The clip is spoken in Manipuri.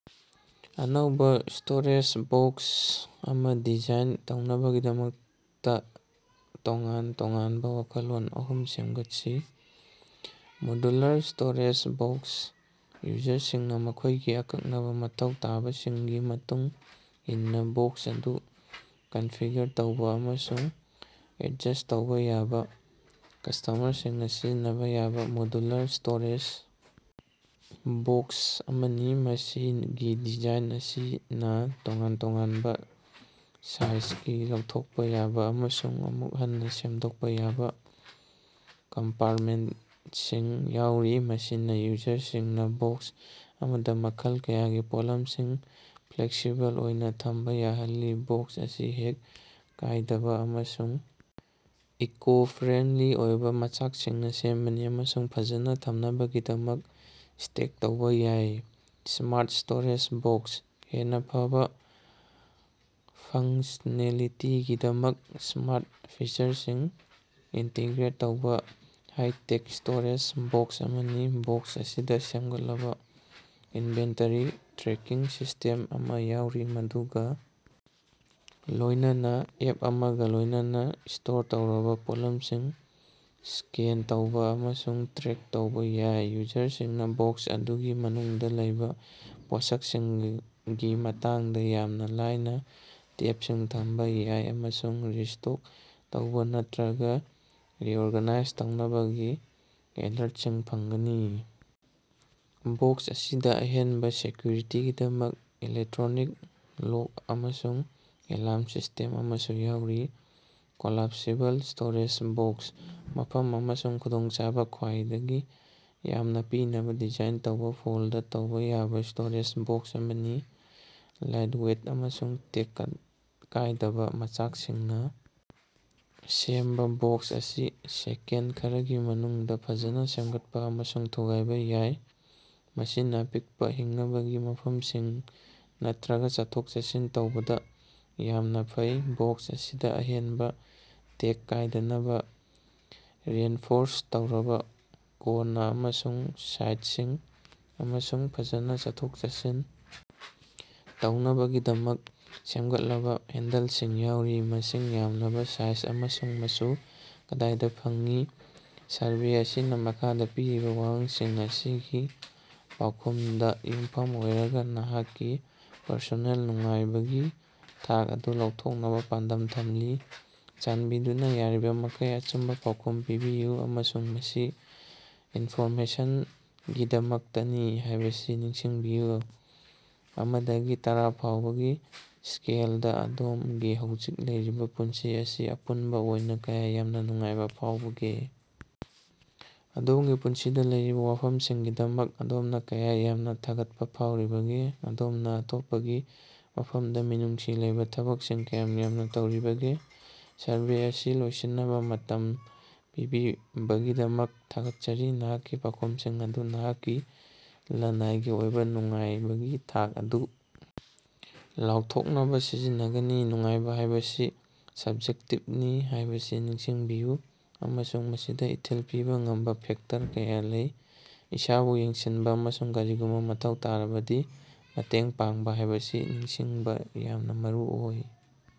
ꯑꯅꯧꯕꯥ ꯁ꯭ꯇꯣꯔꯦꯖ ꯕꯣꯛꯁ ꯑꯃꯥ ꯗꯤꯖꯥꯏꯟ ꯇꯧꯅꯕꯒꯤꯗꯃꯛꯇ ꯇꯣꯉꯥꯟ-ꯇꯣꯉꯥꯟꯕꯥ ꯋꯥꯈꯜꯂꯣꯟ ꯑꯍꯨꯝ ꯁꯦꯝꯒꯠꯁꯤ꯫ ꯃꯣꯗꯨꯂꯔ ꯁ꯭ꯇꯣꯔꯦꯖ ꯕꯣꯛꯁ: ꯌꯨꯖꯔꯁꯤꯡꯅꯥ ꯃꯈꯣꯏꯒꯤ ꯑꯀꯛꯅꯕꯥ ꯃꯊꯧ ꯇꯥꯕꯁꯤꯡꯒꯤ ꯃꯇꯨꯡ ꯏꯟꯅꯥ ꯕꯣꯛꯁ ꯑꯗꯨ ꯀꯟꯐꯤꯒꯔ ꯇꯧꯕꯥ ꯑꯃꯁꯨꯡ ꯑꯦꯠꯖꯁ ꯇꯧꯕꯥ ꯌꯥꯕꯥ ꯀꯁꯇꯃꯔꯁꯤꯡꯅꯥ ꯁꯤꯖꯤꯟꯅꯕꯥ ꯌꯥꯕꯥ, ꯃꯣꯗꯨꯂꯔ ꯁ꯭ꯇꯣꯔꯦꯖ ꯕꯣꯛꯁ ꯑꯃꯅꯤ꯫ ꯃꯁꯤꯒꯤ ꯗꯤꯖꯥꯏꯟ ꯑꯁꯤꯅꯥ ꯇꯣꯉꯥꯟ ꯇꯣꯉꯥꯟꯕꯥ ꯁꯥꯏꯖꯒꯤ ꯂꯧꯊꯣꯛꯄꯥ ꯌꯥꯕꯥ ꯑꯃꯁꯨꯡ ꯑꯃꯨꯛ ꯍꯟꯅꯥ ꯁꯦꯝꯗꯣꯛꯄꯥ ꯌꯥꯕꯥ ꯀꯝꯄꯥꯔꯇꯃꯦꯟꯇꯁꯤꯡ ꯌꯥꯎꯔꯤ, ꯃꯁꯤꯅꯥ ꯌꯨꯖꯔꯁꯤꯡꯅꯥ ꯕꯣꯛꯁ ꯑꯃꯗꯥ ꯃꯈꯜ ꯀꯌꯥꯒꯤ ꯄꯣꯠꯂꯝꯁꯤꯡ ꯐ꯭ꯂꯦꯛꯁꯤꯕꯜ ꯑꯣꯏꯅꯥ ꯊꯝꯕꯥ ꯌꯥꯍꯜꯂꯤ꯫ ꯕꯣꯛꯁ ꯑꯁꯤ ꯇꯦꯛ ꯀꯥꯏꯗꯕꯥ ꯑꯃꯁꯨꯡ ꯏꯀꯣ-ꯐ꯭ꯔꯦꯟꯂꯤ ꯑꯣꯏꯕꯥ ꯃꯆꯥꯛꯁꯤꯡꯅꯥ ꯁꯦꯝꯕꯅꯤ ꯑꯃꯁꯨꯡ ꯐꯖꯅꯥ ꯊꯝꯅꯕꯒꯤꯗꯃꯛ ꯁ꯭ꯇꯦꯛ ꯇꯧꯕꯥ ꯌꯥꯏ꯫ ꯁ꯭ꯃꯥꯔꯠ ꯁ꯭ꯇꯣꯔꯦꯖ ꯕꯣꯛꯁ: ꯍꯦꯟꯅꯥ ꯐꯕꯥ ꯐꯪꯁꯅꯦꯂꯤꯇꯤꯒꯤꯗꯃꯛ ꯁ꯭ꯃꯥꯔꯠ ꯐꯤꯆꯔꯁꯤꯡ ꯏꯟꯇꯤꯒ꯭ꯔꯦꯠ ꯇꯧꯕꯥ ꯍꯥꯏ-ꯇꯦꯛ ꯁ꯭ꯇꯣꯔꯦꯖ ꯕꯣꯛꯁ ꯑꯃꯅꯤ꯫ ꯕꯣꯛꯁ ꯑꯁꯤꯗꯥ ꯁꯦꯝꯒꯠꯂꯕꯥ ꯏꯟꯚꯦꯟꯇꯔꯤ ꯇ꯭ꯔꯦꯀꯤꯡ ꯁꯤꯁꯇꯦꯝ ꯑꯃꯥ ꯌꯥꯎꯔꯤ ꯃꯗꯨꯒꯥ ꯂꯣꯏꯅꯅ ꯑꯦꯞ ꯑꯃꯒꯥ ꯂꯣꯏꯅꯅꯥ ꯁ꯭ꯇꯣꯔ ꯇꯧꯔꯕꯥ ꯄꯣꯠꯂꯝꯁꯤꯡ ꯁ꯭ꯀꯦꯟ ꯇꯧꯕꯥ ꯑꯃꯁꯨꯡ ꯇ꯭ꯔꯦꯛ ꯇꯧꯕꯥ ꯌꯥꯏ꯫ ꯌꯨꯖꯔꯁꯤꯡꯅꯥ ꯕꯣꯛꯁ ꯑꯗꯨꯒꯤ ꯃꯅꯨꯡꯗꯥ ꯂꯩꯕꯥ ꯄꯣꯠꯁꯛꯁꯤꯡꯒꯤ ꯃꯇꯥꯡꯗꯥ ꯌꯥꯝꯅꯥ ꯂꯥꯏꯅꯥ ꯇꯦꯞꯁꯤꯡ ꯊꯝꯕꯥ ꯌꯥꯏ ꯑꯃꯁꯨꯡ ꯔꯤꯁ꯭ꯇꯣꯛ ꯇꯧꯕꯥ ꯅꯠꯇ꯭ꯔꯒꯥ ꯔꯤꯑꯣꯔꯒꯅꯥꯏꯖ ꯇꯧꯅꯕꯒꯤ ꯑꯦꯂꯔꯠꯁꯤꯡ ꯐꯪꯒꯅꯤ꯫ ꯕꯣꯛꯁ ꯑꯁꯤꯗꯥ ꯑꯍꯦꯟꯕꯥ ꯁꯦꯀ꯭ꯌꯨꯔꯤꯇꯤꯒꯤꯗꯃꯛ ꯏꯂꯦꯛꯇ꯭ꯔꯣꯅꯤꯛ ꯂꯣꯛ ꯑꯃꯁꯨꯡ ꯑꯦꯂꯥꯝ ꯁꯤꯁꯇꯦꯝ ꯑꯃꯁꯨ ꯌꯥꯎꯔꯤ꯫ ꯀꯣꯂꯥꯞꯁꯤꯕꯜ ꯁ꯭ꯇꯣꯔꯦꯖ ꯕꯣꯛꯁ: ꯃꯐꯝ ꯑꯃꯁꯨꯡ ꯈꯨꯗꯣꯡꯆꯥꯕꯥ ꯈ꯭ꯋꯥꯏꯗꯒꯤ ꯌꯥꯝꯅꯥ ꯄꯤꯅꯕꯥ ꯗꯤꯖꯥꯏꯟ ꯇꯧꯕꯥ ꯐꯣꯜꯗ ꯇꯧꯕꯥ ꯌꯥꯕꯥ ꯁ꯭ꯇꯣꯔꯦꯖ ꯕꯣꯛꯁ ꯑꯃꯅꯤ꯫ ꯂꯥꯏꯠꯋꯦꯠ ꯑꯃꯁꯨꯡ ꯇꯦꯛ ꯀꯠ ꯀꯥꯏꯗꯕꯥ ꯃꯆꯥꯛꯁꯤꯡꯅꯥ ꯁꯦꯝꯕꯥ ꯕꯣꯛꯁ ꯑꯁꯤ ꯁꯦꯀꯦꯟꯗ ꯈꯔꯒꯤ ꯃꯅꯨꯡꯗꯥ ꯐꯖꯅꯥ ꯁꯦꯝꯒꯠꯄꯥ ꯑꯃꯁꯨꯡ ꯊꯨꯒꯥꯏꯕꯥ ꯌꯥꯏ, ꯃꯁꯤꯅꯥ ꯑꯄꯤꯛꯄꯥ ꯍꯤꯡꯅꯕꯒꯤ ꯃꯐꯝꯁꯤꯡ ꯅꯠꯇ꯭ꯔꯒꯥ ꯆꯠꯊꯣꯛ-ꯆꯠꯁꯤꯟ ꯇꯧꯕꯗꯥ ꯌꯥꯝꯅꯥ ꯐꯩ꯫ ꯕꯣꯛꯁ ꯑꯁꯤꯗꯥ ꯑꯍꯦꯟꯕꯥ ꯇꯦꯛ ꯀꯥꯏꯗꯅꯕꯥ ꯔꯤꯏꯟꯐꯣꯔꯁ ꯇꯧꯔꯕꯥ ꯀꯣꯟꯅꯥ ꯑꯃꯁꯨꯡ ꯁꯥꯏꯗꯁꯤꯡ ꯑꯃꯁꯨꯡ ꯐꯖꯅꯥ ꯆꯠꯊꯣꯛ-ꯆꯠꯁꯤꯟ ꯇꯧꯅꯕꯒꯤꯗꯃꯛ ꯁꯦꯝꯒꯠꯂꯕꯥ ꯍꯦꯟꯗꯜꯁꯤꯡ ꯌꯥꯎꯔꯤ꯫ ꯃꯁꯤꯡ ꯌꯥꯝꯂꯕꯥ ꯁꯥꯏꯖ ꯑꯃꯁꯨꯡ ꯃꯆꯨ ꯀꯗꯥꯏꯗꯥ ꯐꯪꯏ꯫ ꯁꯔꯚꯦ ꯑꯁꯤꯅꯥ ꯃꯈꯥꯗꯥ ꯄꯤꯔꯤꯕꯥ ꯋꯥꯍꯪꯁꯤꯡ ꯑꯁꯤꯒꯤ ꯄꯥꯎꯈꯨꯝꯗꯥ ꯌꯨꯝꯐꯝ ꯑꯣꯏꯔꯒꯥ ꯅꯍꯥꯛꯀꯤ ꯄꯔꯁꯣꯅꯦꯜ ꯅꯨꯡꯉꯥꯏꯕꯒꯤ ꯊꯥꯛ ꯑꯗꯨ ꯂꯥꯎꯊꯣꯛꯅꯕꯥ ꯄꯥꯟꯗꯝ ꯊꯝꯂꯤ꯫ ꯆꯥꯟꯕꯤꯗꯨꯅꯥ ꯌꯥꯔꯤꯕꯃꯈꯩ ꯑꯆꯨꯝꯕꯥ ꯄꯥꯎꯈꯨꯝ ꯄꯤꯕꯤꯌꯨ, ꯑꯃꯁꯨꯡ ꯃꯁꯤ ꯏꯟꯐꯣꯔꯃꯦꯁꯟꯒꯤꯗꯃꯛꯇꯅꯤ ꯍꯥꯏꯕꯁꯤ ꯅꯤꯡꯁꯤꯡꯕꯤꯌꯨ꯫ ꯑꯃꯥꯗꯒꯤ ꯇꯔꯥꯐꯥꯎꯒꯤ ꯁ꯭ꯀꯦꯜꯗꯥ, ꯑꯗꯣꯝꯒꯤ ꯍꯧꯖꯤꯛ ꯂꯩꯔꯤꯕꯥ ꯄꯨꯟꯁꯤ ꯑꯁꯤ ꯑꯄꯨꯟꯕꯥ ꯑꯣꯏꯅꯥ ꯀꯌꯥ ꯌꯥꯝꯅꯥ ꯅꯨꯡꯉꯥꯏꯕꯥ ꯐꯥꯎꯕꯒꯦ? ꯑꯗꯣꯝꯒꯤ ꯄꯨꯟꯁꯤꯗꯥ ꯂꯩꯔꯤꯕꯥ ꯋꯥꯐꯝꯁꯤꯡꯒꯤꯗꯃꯛ ꯑꯗꯣꯝꯅꯥ ꯀꯌꯥ ꯌꯥꯝꯅꯥ ꯊꯥꯒꯠꯄꯥ ꯐꯥꯎꯔꯤꯕꯒꯦ? ꯑꯗꯣꯝꯅꯥ ꯑꯇꯣꯞꯄꯒꯤ ꯃꯐꯝꯗꯥ ꯃꯤꯅꯨꯡꯁꯤ ꯂꯩꯕꯥ ꯊꯕꯛꯁꯤꯡ ꯀꯌꯥꯝ ꯌꯥꯝꯅꯥ ꯇꯧꯔꯤꯕꯒꯦ? ꯁꯔꯚꯦ ꯑꯁꯤ ꯂꯣꯏꯁꯤꯟꯅꯕꯥ ꯃꯇꯝ ꯄꯤꯕꯤꯕꯒꯤꯗꯃꯛ ꯊꯥꯒꯠꯆꯔꯤ꯫ ꯅꯍꯥꯛꯀꯤ ꯄꯥꯎꯈꯨꯝꯁꯤꯡ ꯑꯗꯨ ꯅꯍꯥꯛꯀꯤ ꯂꯅꯥꯏꯒꯤ ꯑꯣꯏꯕꯥ ꯅꯨꯡꯉꯥꯏꯕꯒꯤ ꯊꯥꯛ ꯑꯗꯨ ꯂꯥꯎꯊꯣꯛꯅꯕꯥ ꯁꯤꯖꯤꯟꯅꯒꯅꯤ꯫ ꯅꯨꯡꯉꯥꯏꯕꯥ ꯍꯥꯏꯕꯁꯤ ꯁꯞꯖꯦꯛꯇꯤꯞꯅꯤ ꯍꯥꯏꯕꯁꯤ ꯅꯤꯡꯁꯤꯡꯕꯤꯌꯨ ꯑꯃꯁꯨꯡ ꯃꯁꯤꯗꯥ ꯏꯊꯤꯜ ꯄꯤꯕꯥ ꯉꯝꯕꯥ ꯐꯦꯛꯇꯔ ꯀꯌꯥ ꯂꯩ꯫ ꯏꯁꯥꯕꯨ ꯌꯦꯡꯁꯤꯟꯕꯥ ꯑꯃꯁꯨꯡ ꯀꯔꯤꯒꯨꯝꯕꯥ ꯃꯊꯧ ꯇꯥꯔꯕꯗꯤ ꯃꯇꯦꯡ ꯄꯥꯡꯕꯥ ꯍꯥꯏꯕꯁꯤ ꯅꯤꯡꯁꯤꯡꯕꯥ ꯌꯥꯝꯅꯥ ꯃꯔꯨꯑꯣꯏ꯫